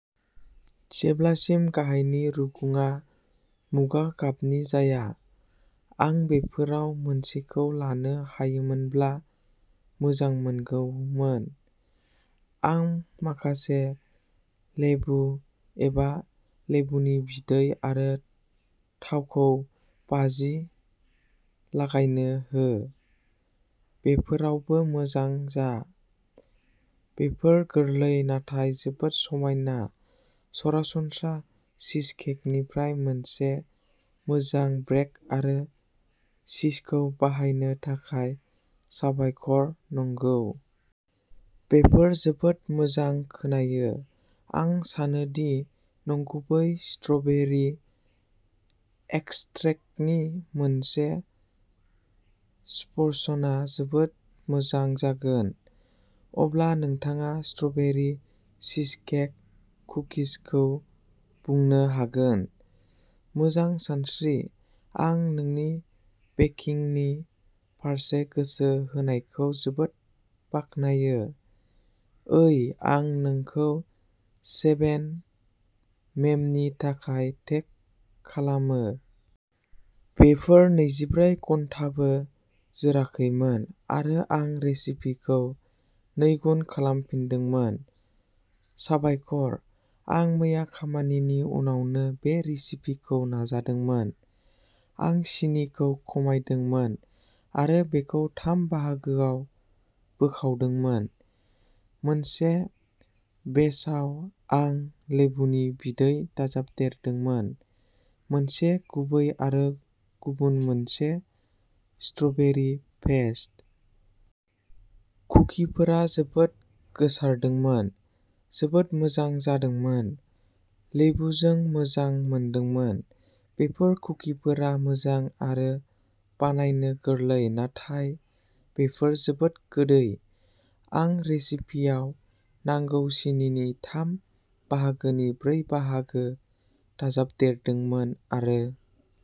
जेब्लासिम गाहायनि रुगुङा मुगा गाबनि जाया। आं बेफोराव मोनसेखौ लानो हायोमोनब्ला मोजांमोनगौमोन। आं माखासे लेबु एबा लेबुनि बिदै आरो थावखौ बाजि लागायनो हो। बेफोरावबो मोजां जा। बेफोर गोरलै नाथाय जोबोद समायना सरासनस्रा चीजकेकनिफ्राय मोनसे मोजां ब्रेक आरो चीजखौ बाहायनो थाखाय साबायखर नोंगौ। बेफोर जोबोद मोजां खोनायो। आं सानोदि नंगुबै स्ट्र'बेरि एक्सट्रैक्टनि मोनसे स्पर्शनआ जोबोद मोजां जागोन। अब्ला नोंथाङा स्ट्र'बेरि चीजकेक कुकिजखौ बुंनो हागोन। मोजां सानस्रि आं नोंनि बेकिंगनि फारसे गोसो होनायखौ जोबोद बाख्नायो। ओइ आं नोंखौ सेभेन मेमनि थाखाय टेग खालामो! बेफोर नैजिब्रै घन्टाबो जोराखैमोन आरो आं रेसिपिखौ नैगुन खालामफिनदोंमोन। साबायखर। आं मैया खामानिनि उनावनो बे रेसिपिखौ नाजादोंमोन। आं सिनिखौ खमायदोंमोन आरो बेखौ थाम बाहागोआव बोखावदोंमोन। मोनसे बेचआव आं लेबुनि बिदै दाजाबदेरदोंमोन। मोनसे गुबै आरो गुबुन मोनसे स्ट्रबेरी पेस्ट। कुकिफोरा जोबोद गोसारदोंमोन। जोबोद मोजां जादोंमोन। लेबुजों मोजां मोनदोंमोन। बेफोर कुकिफोरा मोजां आरो बानायनो गोरलै नाथाय बेफोर जोबोद गोदै। आं रेसिपिआव नांगौ सिनिनि थाम बाहागोनि ब्रै बाहागो दाजाबदेरदोंमोन आरो